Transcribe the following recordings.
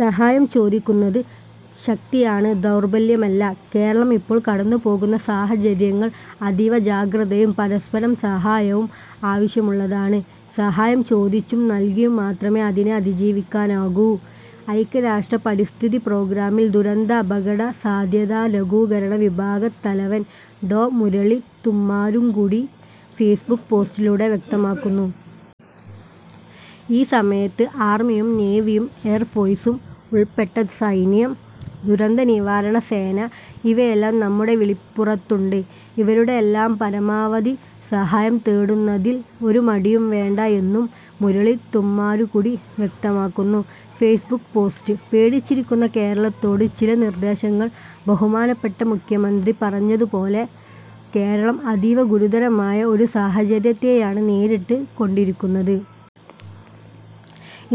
സഹായം ചോദിക്കുന്നത് ശക്തിയാണ് ദൗർബല്യമല്ല. കേരളം ഇപ്പോള്‍ കടന്നുപോകുന്ന സാഹചര്യങ്ങള്‍ അതീവ ജാഗ്രതയും, പരസ്പര സഹായവും ആവശ്യമുള്ളതാണ്. സഹായം ചോദിച്ചും നല്കിയും മാത്രമേ അതിനെ അതിജീവിക്കാനാകൂ. ഐക്യരാഷ്ട്ര പരിസ്ഥിതി പ്രോഗ്രാമിൽ ദുരന്ത അപകടസാധ്യതാ ലഘൂകരണ വിഭാഗ തലവൻ ഡോ. മുരളി തുമ്മാരുകുടി ഫേസ്ബുക്ക് പോസ്റ്റിലൂടെ വ്യക്തമാക്കുന്നു. ഈ സമയത്ത് ആർമിയും നേവിയും എയർഫോഴ്സും ഉൾപ്പെട്ട സൈന്യം, ദുരന്തനിവാരണ സേന ഇവയെല്ലാം നമ്മുടെ വിളിപ്പുറത്തുണ്ട്. ഇവരുടെ എല്ലാം പരമാവധി സഹായം തേടുന്നതിൽ ഒരു മടിയും വേണ്ട എന്നും മുരളി തുമ്മാരുക്കുടി വ്യക്തമാക്കുന്നു. ഫേസ്ബുക്ക് പോസ്റ്റ്: പേടിച്ചിരിക്കുന്ന കേരളത്തോട് ചില നിർദ്ദേശങ്ങൾ ബഹുമാനപ്പെട്ട മുഖ്യമന്ത്രി പറഞ്ഞതുപോലെ കേരളം അതീവ ഗുരുതരമായ ഒരു സാഹചര്യത്തെയാണ് നേരിട്ട് കൊണ്ടിരിക്കുന്നത്.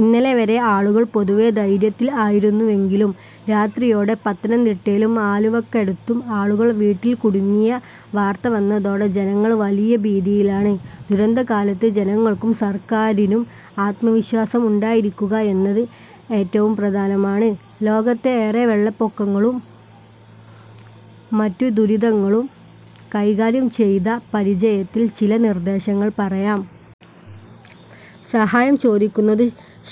ഇന്നലെവരെ ആളുകൾ പൊതുവെ ധൈര്യത്തിൽ ആയിരുന്നുവെങ്കിലും രാത്രിയോടെ പത്തനംതിട്ടയിലും ആലുവക്കടുത്തും ആളുകൾ വീട്ടിൽ കുടുങ്ങിയ വാർത്ത വന്നതോടെ ജനങ്ങൾ വലിയ ഭീതിയിലാണ്. ദുരന്തകാലത്ത് ജനങ്ങൾക്കും സർക്കാരിനും ആത്മവിശ്വാസം ഉണ്ടായിരിക്കുക എന്നത് ഏറ്റവും പ്രധാനമാണ്. ലോകത്തെ ഏറെ വെള്ളപ്പൊക്കങ്ങളും മറ്റു ദുരിതങ്ങളും കൈകാര്യം ചെയ്ത പരിചയത്തിൽ ചില നിർദ്ദേശങ്ങൾ പറയാം. സഹായം ചോദിക്കുന്നത്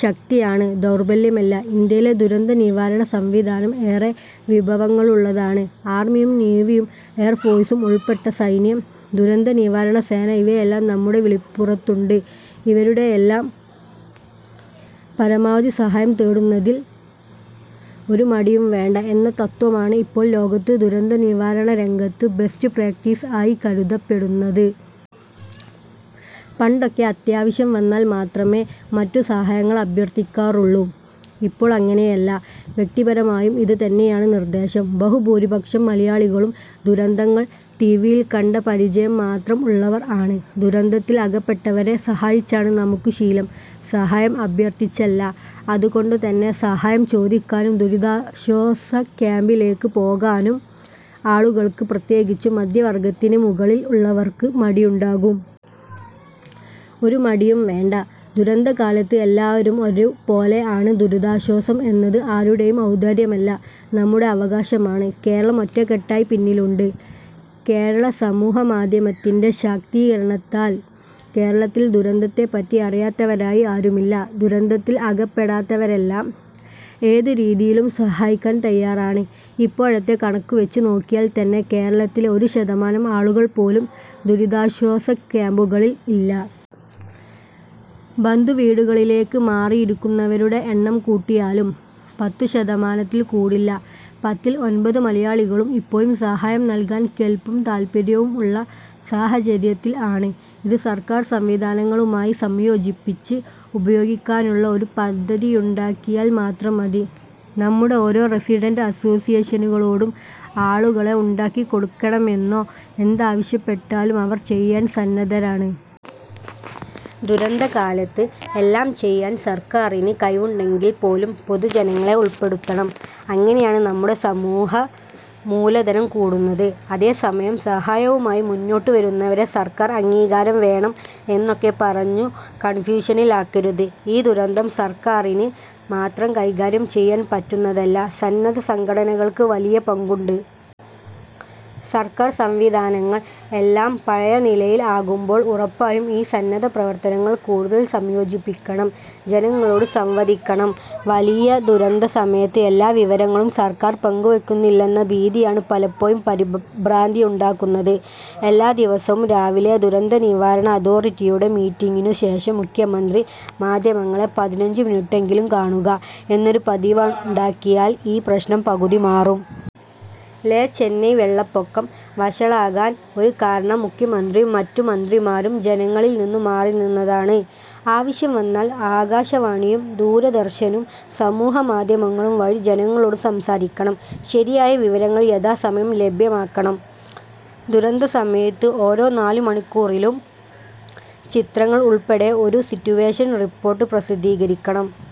ശക്തിയാണ്, ദൗർബല്യമല്ല: ഇന്ത്യയിലെ ദുരന്തനിവാരണ സംവിധാനം ഏറെ വിഭവങ്ങളുള്ളതാണ്. ആർമിയും നേവിയും എയർഫോഴ്സും ഉൾപ്പെട്ട സൈന്യം, ദുരന്തനിവാരണ സേന ഇവയെല്ലാം നമ്മുടെ വിളിപ്പുറത്തുണ്ട്. ഇവരുടെ എല്ലാം പരമാവധി സഹായം തേടുന്നതിൽ ഒരു മടിയും വേണ്ട. '' എന്ന തത്വമാണ് ഇപ്പോൾ ലോകത്ത് ദുരന്തനിവാരണ രംഗത്ത് ബെസ്റ്റ് പ്രാക്ടീസ് ആയി കരുതപ്പെടുന്നത്. പണ്ടൊക്കെ അത്യാവശ്യം വന്നാൽ മാത്രമേ മറ്റു സഹായങ്ങൾ അഭ്യർത്ഥിക്കാറുള്ളു. ഇപ്പോൾ അങ്ങനെയല്ല. വ്യക്തിപരമായും ഇത് തന്നെയാണ് നിർദ്ദേശം. ബഹുഭൂരിപക്ഷം മലയാളികളും ദുരന്തങ്ങൾ ടി. വിയിൽ കണ്ട പരിചയം മാത്രം ഉള്ളവർ ആണ്. ദുരന്തത്തിൽ അകപ്പെട്ടവരെ സഹായിച്ചാണ് നമുക്ക് ശീലം, സഹായം അഭ്യർത്ഥിച്ചല്ല. അതുകൊണ്ടു തന്നെ സഹായം ചോദിക്കാനും ദുരിതാശ്വാസ ക്യാംപിലേക്ക് പോകാനും ആളുകൾക്ക് പ്രത്യേകിച്ചും മധ്യവർഗ്ഗത്തിന് മുകളിൽ ഉള്ളവർക്ക് മടിയുണ്ടാകും. ഒരു മടിയും വേണ്ട. ദുരന്തകാലത്ത് എല്ലാവരും ഒരു പോലെ ആണ്. ദുരിതാശ്വാസം എന്നത് ആരുടേയും ഔദാര്യമല്ല, നമ്മുടെ അവകാശമാണ്. കേരളം ഒറ്റക്കെട്ടായി പിന്നിലുണ്ട്: കേരളസമൂഹ മാധ്യമത്തിന്‍റെ ശാക്തീകരണത്താൽ കേരളത്തിൽ ദുരന്തത്തെപ്പറ്റി അറിയാത്തവരായി ആരുമില്ല. ദുരന്തത്തിൽ അകപ്പെടാത്തവരെല്ലാം ഏതു രീതിയിലും സഹായിക്കാൻ തയ്യാറാണ്. ഇപ്പോഴത്തെ കണക്കു വച്ച് നോക്കിയാൽ തന്നെ കേരളത്തിലെ ഒരു ശതമാനം ആളുകൾ പോലും ദുരിതാശ്വാസ ക്യാംപുകളിൽ ഇല്ല. ബന്ധുവീടുകളിലേക്ക് മാറിയിരിക്കുന്നവരുടെ എണ്ണം കൂട്ടിയാലും പത്തു ശതമാനത്തിൽ കൂടില്ല. പത്തിൽ ഒൻപത് മലയാളികളും ഇപ്പോഴും സഹായം നല്കാൻ കെല്പും താല്പര്യവും ഉള്ള സാഹചര്യത്തിൽ ആണ്. ഇത് സർക്കാർ സംവിധാനങ്ങളുമായി സംയോജിപ്പിച്ച് ഉപയോഗിക്കാനുള്ള ഒരു പദ്ധതിയുണ്ടാക്കിയാൽ മാത്രം മതി. നമ്മുടെ ഓരോ റസിഡന്‍റ് അസ്സോസ്സിയേഷനുകളോടും ആളുകളെ താമസിപ്പിക്കണമെന്നോ ഭക്ഷണം ഉണ്ടാക്കിക്കൊടുക്കണമെന്നോ എന്താവശ്യപ്പെട്ടാലും അവർ ചെയ്യാൻ സന്നദ്ധരാണ്. ദുരന്തകാലത്ത് എല്ലാം ചെയ്യാൻ സർക്കാരിന് കഴിവുണ്ടെങ്കിൽ പോലും പൊതുജനങ്ങളെ ഉൾപ്പെടുത്തണം. അങ്ങനെയാണ് നമ്മുടെ സമൂഹ മൂലധനം കൂടുന്നത്. അതേ സമയം സഹായവുമായി മുന്നോട്ടു വരുന്നവരെ സർക്കാർ അംഗീകാരം വേണം എന്നൊക്കെ പറഞ്ഞു കൺഫ്യൂഷനിൽ ആക്കരുത്. ഈ ദുരന്തം സർക്കാരിന് മാത്രം കൈകാര്യം ചെയ്യാൻ പറ്റുന്നതല്ല, സന്നദ്ധ സംഘടനകൾക്ക് വലിയ പങ്കുണ്ട്. സർക്കാർ സംവിധാനങ്ങൾ എല്ലാം പഴയ നിലയിൽ ആകുമ്പോൾ ഉറപ്പായും ഈ സന്നദ്ധ പ്രവർത്തനങ്ങൾ കൂടുതൽ സംയോജിപ്പിക്കണം. ജനങ്ങളോട് സംവദിക്കണം: വലിയ ദുരന്തസമയത്ത് എല്ലാ വിവരങ്ങളും സർക്കാർ പങ്കുവെക്കുന്നില്ലെന്ന ഭീതിയാണ് പലപ്പോഴും പരിഭ്രാന്തിയുണ്ടാക്കുന്നത്. എല്ലാ ദിവസവും രാവിലെ ദുരന്തനിവാരണ അതോറിറ്റിയുടെ മീറ്റിങ്ങിനു ശേഷം മുഖ്യമന്ത്രി മാധ്യമങ്ങളെ പതിനഞ്ചു മിനുട്ടെങ്കിലും കാണുക എന്നൊരു പതിവുണ്ടാക്കിയാൽ ഈ പ്രശ്നം പകുതി മാറും. ലെ ചെന്നൈ വെള്ളപ്പൊക്കം വഷളാകാൻ ഒരു കാരണം മുഖ്യമന്ത്രിയും മറ്റു മന്ത്രിമാരും ജനങ്ങളിൽ നിന്നും മാറിനിന്നതാണ്. ആവശ്യം വന്നാൽ ആകാശവാണിയും ദൂരദര്‍ശനും സമൂഹമാധ്യമങ്ങളും വഴി ജനങ്ങളോട് സംസാരിക്കണം. ശരിയായ വിവരങ്ങൾ യഥാസമയം ലഭ്യമാക്കണം: ദുരന്തസമയത്ത് ഓരോ നാലു മണിക്കൂറിലും ചിത്രങ്ങൾ ഉൾപ്പെടെ ഒരു സിറ്റുവേഷൻ റിപ്പോർട്ട് പ്രസിദ്ധീകരിക്കണം.